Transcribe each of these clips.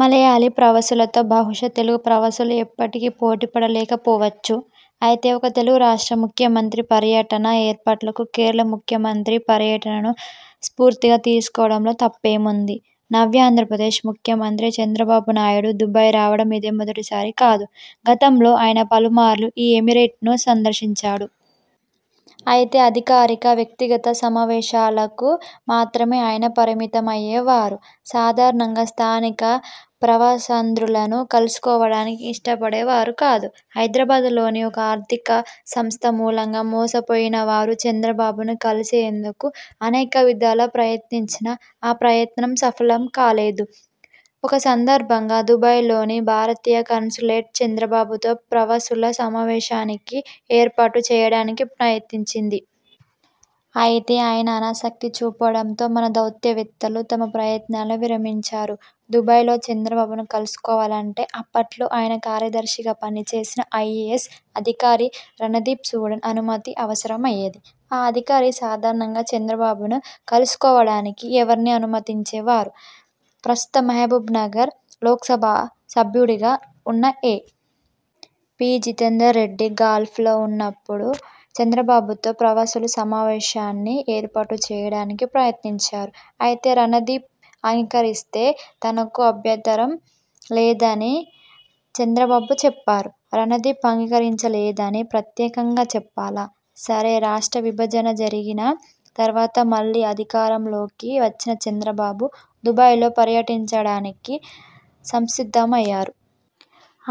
మలయాళీ ప్రవాసులతో బహుశా తెలుగు ప్రవాసులు ఎప్పటికీ పోటీపడలేకపోవచ్చు. అయితే ఒక తెలుగురాష్ట్ర ముఖ్యమంత్రి పర్యటన ఏర్పాట్లకు కేరళ ముఖ్యమంత్రి పర్యటనను స్ఫూర్తిగా తీసుకోవడంలో తప్పేముంది? నవ్యాంధ్రప్రదేశ్ ముఖ్యమంత్రి చంద్రబాబు నాయుడు దుబాయి రావడం ఇదే మొదటిసారి కాదు. గతంలో ఆయన పలుమార్లు ఈ ఎమిరేట్ను సందర్శించాడు. అయితే అధికారిక, వ్యక్తిగత సమావేశాలకు మాత్రమే ఆయన పరిమితమమ్యే వారు. సాధారణంగా స్థానిక ప్రవాసాంధ్రులను కలుసుకోవడానికి ఇష్టపడేవారు కాదు. హైదరాబాద్లోని ఒక ఆర్థిక సంస్థ మూలంగా మోసపోయినవారు చంద్రబాబును కలిసేందుకు అనేక విధాల ప్రయత్నించినా ఆ ప్రయత్నం సఫలం కాలేదు. ఒక సందర్భంగా దుబాయిలోని భారతీయ కన్సులేట్, చంద్రబాబుతో ప్రవాసుల సమావేశానికి ఏర్పాటు చేయడానికి ప్రయత్నించింది. అయితే ఆయన ఆనాసక్తి చూపడంతో మన దౌత్యవేత్తలు తమ ప్రయత్నాలను విరమించారు. దుబాయిలో చంద్రబాబును కలుసుకోవాలంటే అప్పట్లో ఆయన కార్యదర్శిగా పని చేసిన ఐఏయస్ అధికారి రణదీప్ సూడన్ అనుమతి అవసరమయ్యేది. ఆ అధికారి సాధారణంగా చంద్రబాబును కలుసుకోవడానికి ఎవర్నీ అనుమతించే వారు. ప్రస్తుతం మహబూబ్ నగర్ లోక్సభ సభ్యుడిగా ఉన్న A. P. Jithender Reddy Gulf లో ఉన్నప్పుడు చంద్రబాబుతో ప్రవాసుల సమావేశాన్ని ఏర్పాటు చేయడానికి ప్రయత్నించారు. అయితే రణదీప్ అంగీకరిస్తే తనకు అభ్యంతరం లేదని చంద్రబాబు చెప్పారు. రణదీప్ అంగీకరించలేదని ప్రత్యేకంగా చెప్పాలా? సరే, రాష్ట్ర విభజన జరిగిన తర్వాత మళ్ళీ అధికారంలోకి వచ్చిన చంద్రబాబు దుబాయిలో పర్యటించడానికి సంసిద్ధమయ్యారు.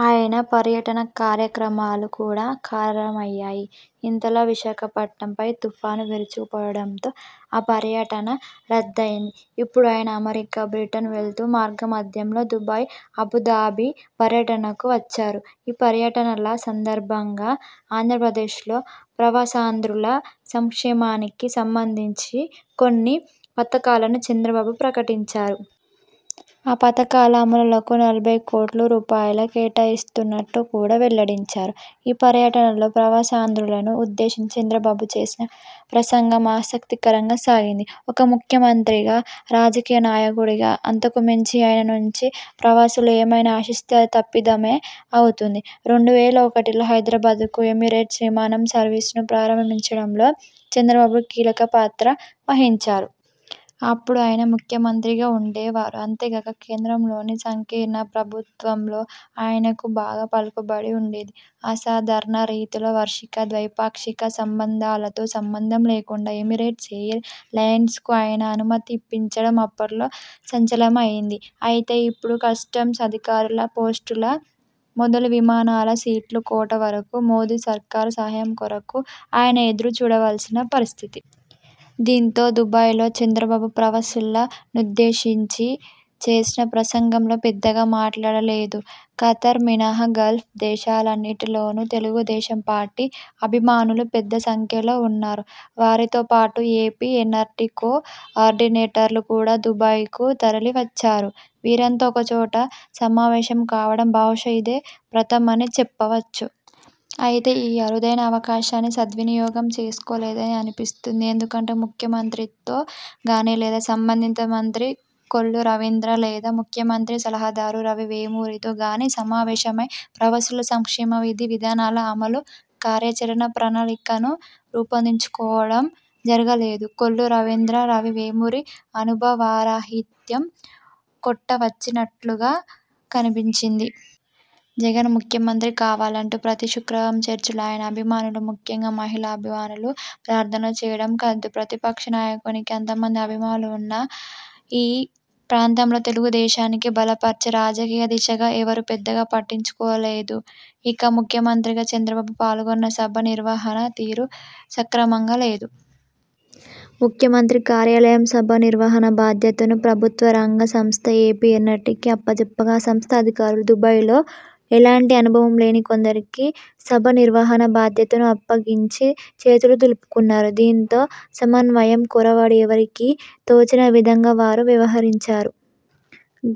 ఆయన పర్యటన కార్యక్రమాలు కూడా ఖారణమయ్యాయి. ఇంతలో విశాఖపట్నంపై తుఫాను విరుచుకుపడడంతో ఆ పర్యటన రద్దయింది. ఇప్పుడు ఆయన అమెరికా, బ్రిటన్ వెళుతూ మార్గమధ్యంలో దుబాయి, ఆబుధాబి పర్యటనకు వచ్చారు. ఈ పర్యటనల సందర్భంగా అంధ్రప్రదేశ్లో, ప్రవాసాంధ్రుల సంక్షేమానికి సంబంధించి కొన్ని పథకాలను చంద్రబాబు ప్రకటించారు. ఆ పథకాల అమలులకు నలభై కోట్లు రూపాయలు కేటాయిస్తున్నట్టు కూడా వెల్లడించారు. ఈ పర్యటనలలో ప్రవాసాంధ్రులను ఉద్దేశించి చంద్రబాబు చేసిన ప్రసంగం ఆసక్తికరంగా సాగింది. ఒక ముఖ్యమంత్రిగా, రాజకీయ నాయకుడిగా అంతకుమించి ఆయన నుంచి ప్రవాసులు ఏమైనా ఆశిస్తే అది తప్పిదమే అవుతుంది. రెండు వేల ఒకటిలో హైదరాబాద్కు ఏమిరేట్స్ విమానం సర్వీసును ప్రారంభించడంలో చంద్రబాబు కీలక పాత్ర వహించారు. అప్పుడు ఆయన ముఖ్యమంత్రిగా వుండేవారు. అంతేగాక కేంద్రంలోని సంకీర్ణ ప్రభుత్వంలో ఆయనకు బాగా పలుకుబడి ఉండేది. అసాధారణ రీతిలో, వార్షిక ద్వైపాక్షిక సంబంధాలతో సంబంధం లేకుండా ఏమిరేట్స్ ఎయిర్ లయన్స్కు ఆయన అనుమతి ఇప్పించడం అప్పట్లో సంచలనమయింది. అయితే ఇప్పుడు కస్టమ్స్ అధికారుల పోస్టుల మొదలు విమానాల సీట్ల కోటా వరకు మోదీ సర్కారు సహాయం కొరకు ఆయన ఎదురు చూడవల్సిన పరిస్థితి. దీంతో దుబాయిలో చంద్రబాబు ప్రవాసుల నుద్దేశించి చేసిన ప్రసంగంలో పెద్దగా మాట్లాడలేదు. ఖతర్ మినహా గల్ఫ్ దేశాలన్నింటిలోనూ తెలుగు దేశం పార్టీ అభిమానులు పెద్ద సంఖ్యలో వున్నారు. వారితో పాటు ఏపీ ఎన్నార్టీ కో ఆర్డినేటర్లు కూడా దుబాయికు తరలి వచ్చారు. వీరంతా ఒకచోట సమావేశం కావడం బహుశా ఇదే ప్రథమని చెప్పవచ్చు. అయితే ఈ అరుదైన అవకాశాన్ని సద్వినియోగం చేసుకోలేదని అనిపిస్తుంది. ఎందుకంటే ముఖ్యమంత్రితో గానీ లేదా సంబంధిత మంత్రి కొల్లు రవీంద్ర లేదా ముఖ్యమంత్రి సలహాదారు రవి వేమూరితో గానీ సమావేశమై ప్రవాసుల సంక్షేమ విధి విధానాల అమలు, కార్యాచరణ ప్రణాళికను రూపొందించుకోవడం జరగలేదు. కొల్లు రవీంద్ర, రవి వేమూరి అనుభవరాహిత్యం కొట్టవచ్చినట్లుగా కనిపించింది. జగన్ ముఖ్యమంత్రి కావాలంటూ ప్రతి శుక్రవారం చర్చిలో ఆయన అభిమానులు ముఖ్యంగా మహిళాభిమానులు ప్రార్థనలు చేయడం కద్దు. ప్రతిపక్ష నాయకునికి అంతమంది అభిమానులు ఉన్న ఈ ప్రాంతంలో తెలుగుదేశానికి బలపర్చే రాజకీయ దిశగా ఎవరు పెద్దగా పట్టించుకోలేదు. ఇక ముఖ్యమంత్రిగా చంద్రబాబు పాల్గొన్న సభ నిర్వహణ తీరు సక్రమంగా లేదు. ముఖ్యమంత్రి కార్యాలయం సభా నిర్వహణ బాధ్యతను ప్రభుత్వ రంగ సంస్థ ఏపీ ఎన్నార్టీ కి అప్పజెప్పగా ఆ సంస్థ అధికారులు దుబాయిలో ఏలాంటి అనుభవం లేని కొందరికి సభ నిర్వహణ బాధ్యతను అప్పగించి చేతులు దులుపుకున్నారు. దీంతో సమన్వయం కొరవడి ఎవరికి తోచిన విధంగా వారు వ్యవహరించారు.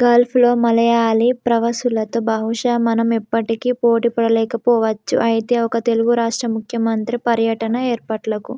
గల్ఫ్ లో మలయాళీ ప్రవాసులతో బహుశా మనం ఎప్పటికీ పోటీపడలేకపోవచ్చు. అయితే ఒక తెలుగు రాష్ట్ర ముఖ్యమంత్రి పర్యటన ఏర్పాట్లకు